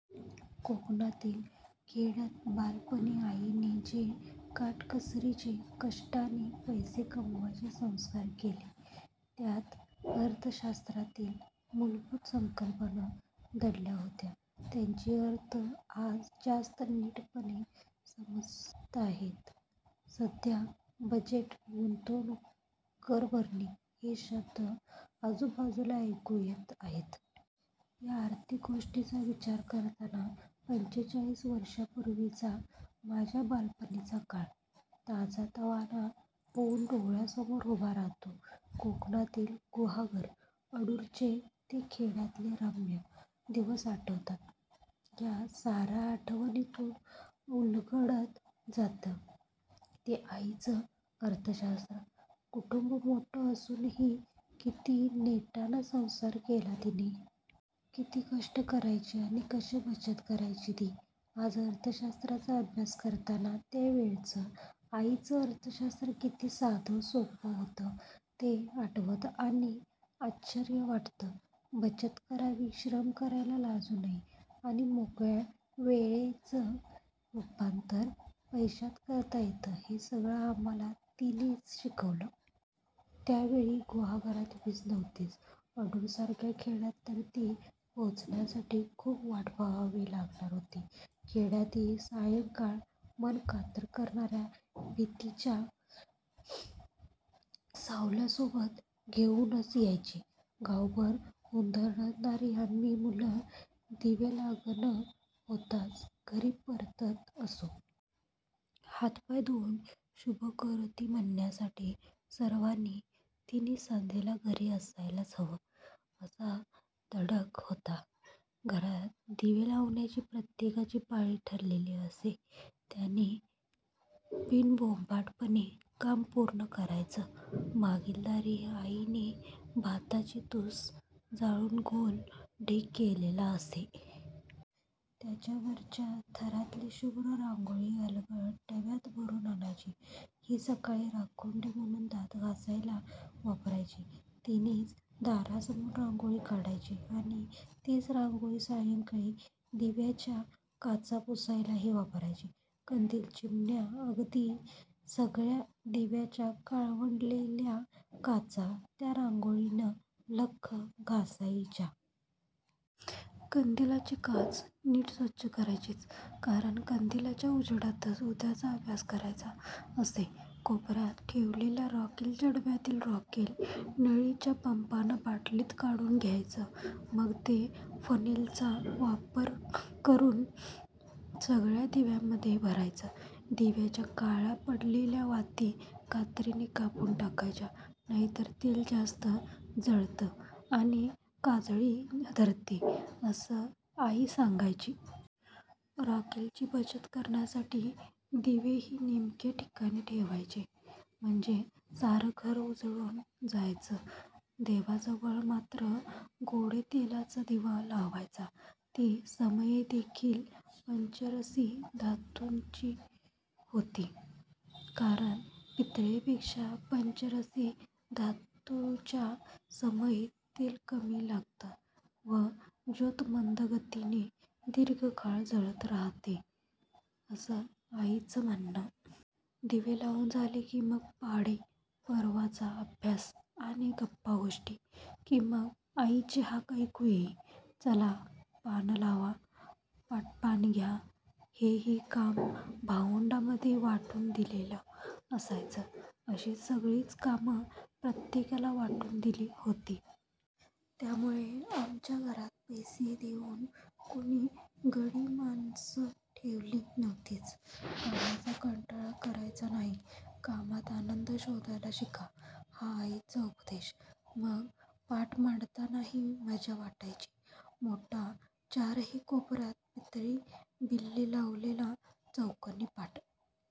कोकणातील खेड्यात बालपणी आईने जे काटकसरीचे, कष्टाने पैसे कमावण्याचे संस्कार केले, त्यात अर्थशास्त्रातील मूलभूत संकल्पना दडल्या होत्या. त्यांचे अर्थ आज जास्त नीटपणे समजताहेत! सध्या बजेट, गुंतवणूक, कर भरणे हे शब्द आजूबाजूला ऐकू येत आहेत. या आर्थिक गोष्टींचा विचार करताना पंचेचाळीस वर्षांपूर्वीचा माझ्या बालपणीचा काळ ताजातवाना होऊन डोळ्यांसमोर उभा राहतो. कोकणातील गुहागर-अडूरचे ते खेड्यातले रम्य दिवस आठवतात. या साऱ्या आठवणींतून उलगडत जातं ते आईचं अर्थशास्त्र! कुटुंब मोठं असूनही किती नेटानं संसार केला तिने! किती कष्ट करायची आणि कशी बचत करायची ती! आज अर्थशास्त्राचा अभ्यास करताना त्या वेळचं आईचं अर्थशास्त्र किती साधं, सोपं होतं ते आठवतं आणि आश्चर्य वाटतं. बचत करावी, श्रम करायला लाजू नये आणि मोकळ्या वेळेचं रूपांतर पैशात करता येतं हे सगळं आम्हांला तिनेच शिकवलं. त्यावेळी गुहागरात वीज नव्हतीच. अडूरसारख्या खेड्यात तर ती पोहोचण्यासाठी खूप वाट पाहावी लागणार होती. खेड्यातली सायंकाळ मन कातर करणाऱ्या भीतीच्या सावल्या सोबत घेऊनच यायची. गावभर हुंदडणारी आम्ही मुलं दिवेलागण होताच घरी परतत असू. हातपाय धुऊन 'शुभंकरोती' म्हणण्यासाठी सर्वांनी तिन्हीसांजेला घरी असायलाच हवं, असा दंडक होता. घरात दिवे लावण्याची प्रत्येकाची पाळी ठरलेली असे; त्याने बिनबोभाटपणे काम पूर्ण करायचं. मागीलदारी आईने भाताची तुसं जाळून गोल ढीग केलेला असे. त्याच्या वरच्या थरातली शुभ्र रांगोळी अलगद डब्यात भरून आणायची. ही सकाळी राखुंडी म्हणून दात घासायला वापरायची; तिनेच दारासमोर रांगोळी काढायची आणि तीच रांगोळी सायंकाळी दिव्यांच्या काचा पुसायलाही वापरायची. कंदील, चिमण्या अगदी सगळ्या दिव्यांच्या काळवंडलेल्या काचा त्या रांगोळीनं लख्ख घासायच्या. कंदिलाची काच नीट स्वच्छ करायचीच, कारण कंदिलाच्या उजेडातच उद्याचा अभ्यास करायचा असे. कोपऱ्यात ठेवलेल्या रॉकेलच्या डब्यातील रॉकेल नळीच्या पंपानं बाटलीत काढून घ्यायचं, मग ते फनेलचा वापर करून सगळ्या दिव्यांमध्ये भरायचं. दिव्यांच्या काळ्या पडलेल्या वाती कात्रीने कापून टाकायच्या, नाहीतर तेल जास्त जळतं आणि काजळी धरते, असं आई सांगायची. रॉकेलची बचत करण्यासाठी दिवेही नेमक्या ठिकाणी ठेवायचे, म्हणजे सारं घर उजळून जायचं. देवाजवळ मात्र गोडेतेलाचा दिवा लावायचा. ती समईदेखील पंचरसी धातूची होती; कारण पितळेपेक्षा पंचरसी धातूच्या समईत तेल कमी लागतं व ज्योत मंद गतीने दीर्घकाळ जळत राहाते, असं आईचं म्हणणं! दिवे लावून झाले की मग पाढे, परवचा, अभ्यास आणि गप्पागोष्टी; की मग आईची हाक ऐकू येई- 'चला, पानं लावा, पाटपाणी घ्या.' हेही काम भावंडांमध्ये वाटून दिलेलं असायचं. अशी सगळीच कामं प्रत्येकाला वाटून दिली होती. त्यामुळे आमच्या घरात पैसे देऊन कुणी गडीमाणसं ठेवली नव्हतीच. कामाचा कंटाळा करायचा नाही, कामात आनंद शोधायला शिका हा आईचा उपदेश. मग पाट मांडतानाही मजा वाटायची. मोठा, चारही कोपऱ्यात पितळी बिल्ले लावलेला चौकोनी पाट